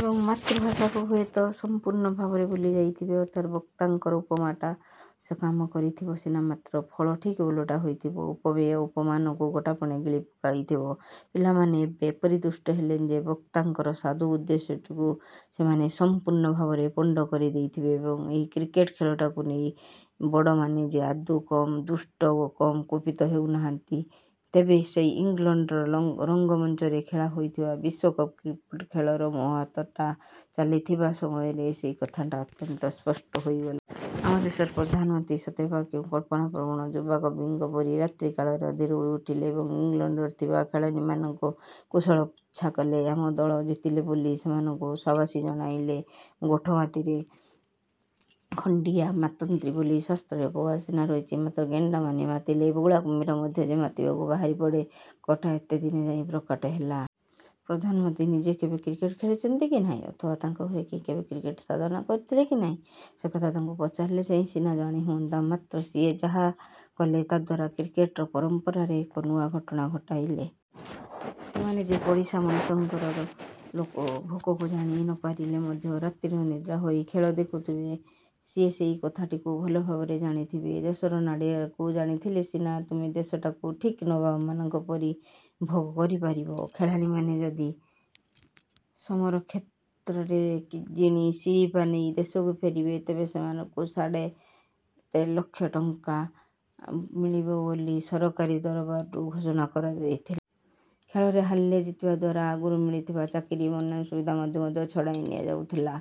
ଏବଂ ମାତୃଭାଷା କଥା ହୁଏତ ସମ୍ପୂର୍ଣ୍ଣ ଭାବରେ ଭୁଲି ଯାଇଥିବେ। ଅର୍ଥାତ୍ ବକ୍ତାଙ୍କର ଉପମାଟା ଅବଶ୍ୟ କାମ କରିଥିବ ସିନା ମାତ୍ର ଫଳ ଠିକ୍ ଓଲଟା ହୋଇଥିବ। ଉପମେୟ ଉପମାନକୁ ଗୋଟାପଣେ ଗିଳି ପକାଇଥିବ। ପିଲାମାନେ ଏବେ ଏପରି ଦୁଷ୍ଟ ହେଲେଣି ଯେ ବକ୍ତାଙ୍କର ସାଧୁ ଉଦ୍ଦେଶ୍ୟଟିକୁ ସେମାନେ ସମ୍ପୂର୍ଣ୍ଣ ଭାବରେ ପଣ୍ଡ କରି ଦେଇଥିବେ ଏବଂ ଏହି କ୍ରିକେଟ ଖେଳଟାକୁ ନେଇ ବଡ଼ମାନେ ଯେ ଆଦୌ କମ୍ ଦୁଷ୍ଟ ଓ କମ୍ କୁପିତ ହେଉନାହାନ୍ତି ଏବେ ସେହି ଇଂଲଣ୍ଡର ର ରଙ୍ଗମଞ୍ଚରେ ଖେଳା ହୋଇଥିବା ବିଶ୍ୱକପ୍ କ୍ରିକେଟ୍ ଖେଳର ମହଡ଼ାଟା ଚାଲିଥିବା ସମୟରେ ସେହି କଥାଟା ଅତ୍ୟନ୍ତ ସ୍ପଷ୍ଟ ହୋଇଗଲା। ଆମ ଦେଶର ପ୍ରଧାନମନ୍ତ୍ରୀ ସତେ ଅବା କେଉଁ କଳ୍ପନା ପ୍ରବଣ ଯୁବାକବିଙ୍କ ପରି ରାତ୍ରିକାଳରେ ଅଧୀର ହୋଇ ଉଠିଲେ ଏବଂ ଇଂଲଣ୍ଡରେ ଥିବା ଖେଳାଳିମାନଙ୍କର କୁଶଳ ପୁଚ୍ଛା କଲେ। ଆମ ଦଳ ଜିତିଲେ ବୋଲି ସେମାନଙ୍କୁ ସାବାସୀ ଜଣାଇଲେ। ଗୋଠ ମାତିଲେ ଖଣ୍ଡିଆ ମାତନ୍ତି ବୋଲି ଶାସ୍ତ୍ରରେ ଅପବାଦ ସିନା ରହିଛି ମାତ୍ର ଗେଣ୍ଡାମାନେ ମାତିଲେ ବଉଳା କୁମ୍ଭୀର ମଧ୍ୟ ଯେ ମାତିବାକୁ ବାହାରିପଡ଼େ ସେକଥାଟା ଏତେଦିନେ ଯାଇ ପ୍ରକଟ ହେଲା। ପ୍ରଧାନମନ୍ତ୍ରୀ ନିଜେ କେବେ କ୍ରିକେଟ ଖେଳିଛନ୍ତି କି ନାହିଁ ଅଥବା ତାଙ୍କ ଘରେ କେହି କେବେ କ୍ରିକେଟ ସାଧନା କରିଥିଲେ କି ନାହିଁ ସେକଥା ତାଙ୍କୁ ପଚାରିଲେ ଯାଇ ସିନା ଜାଣି ହୁଅନ୍ତା, ମାତ୍ର ସିଏ ଯାହା କଲେ ତଦ୍ଦ୍ୱାରା କ୍ରିକେଟର ପରମ୍ପରାରେ ଏକ ନୂଆ ଘଟଣା ଘଟାଇଲେ। ସେମାନେ ଯେ ପଡ଼ିଶା ମଣିଷଙ୍କର ଭୋକକୁ ଜାଣି ନପାରିଲେ ମଧ୍ୟ ରାତି ଅନିଦ୍ରା ହୋଇ ଖେଳ ଦେଖୁଥିବେ, ସିଏ ସେହି କଥାଟିକୁ ଭଲ ଭାବରେ ଜାଣିଥିବେ। ଦେଶର ନାଡ଼ିଟାକୁ ଜାଣିଥିଲେ ସିନା ତୁମେ ଦେଶଟାକୁ ଠିକ୍ ନବାବମାନଙ୍କ ପରି ଭୋଗ କରିପାରିବ। ଖେଳାଳିମାନେ ଯଦି ସମରକ୍ଷେତ୍ରରେ ଜିଣି ଶିରିପା ନେଇ ଦେଶକୁ ଫେରିବେ ତେବେ ସେମାନଙ୍କୁ ସାଢ଼େ ଏତେ ଲକ୍ଷ ଟଙ୍କା ମିଳିବ ବୋଲି ସରକାରୀ ଦରବାରରୁ ଘୋଷଣା କରାଯାଇଥିଲା। ଖେଳରେ ହାରିଲେ ଜିତିବା ଦ୍ଵାରା ଆଗରୁ ମିଳିଥିବା ଚାକିରି ଏବଂ ଅନ୍ୟାନ୍ୟ ସୁବିଧାକୁ ମଧ୍ୟ ଛଡ଼ାଇ ନିଆଯାଉଥିଲା।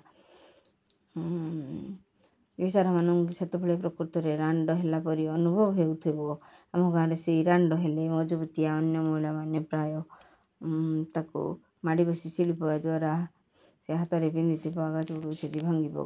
ବିଚାରାମାନଙ୍କୁ ସେତେବେଳେ ପ୍ରକୃତରେ ରାଣ୍ଡ ହେଲା ପରି ହିଁ ଅନୁଭବ ହେଉଥିବ। ଆମ ଗାଆଁରେ କେହି ରାଣ୍ଡ ହେଲେ ମଜବୁତିଆ ଅନ୍ୟ ମହିଳାମାନେ ତାକୁ ପ୍ରାୟ ମାଡ଼ିବସି ଶିଳୁପୁଆ ଦ୍ଵାରା ସିଏ ହାତରେ ପିନ୍ଧିଥିବା କାଚଗୁଡ଼ାକୁ ଛେଚି, ଭାଙ୍ଗି ପକାଉଥିଲେ।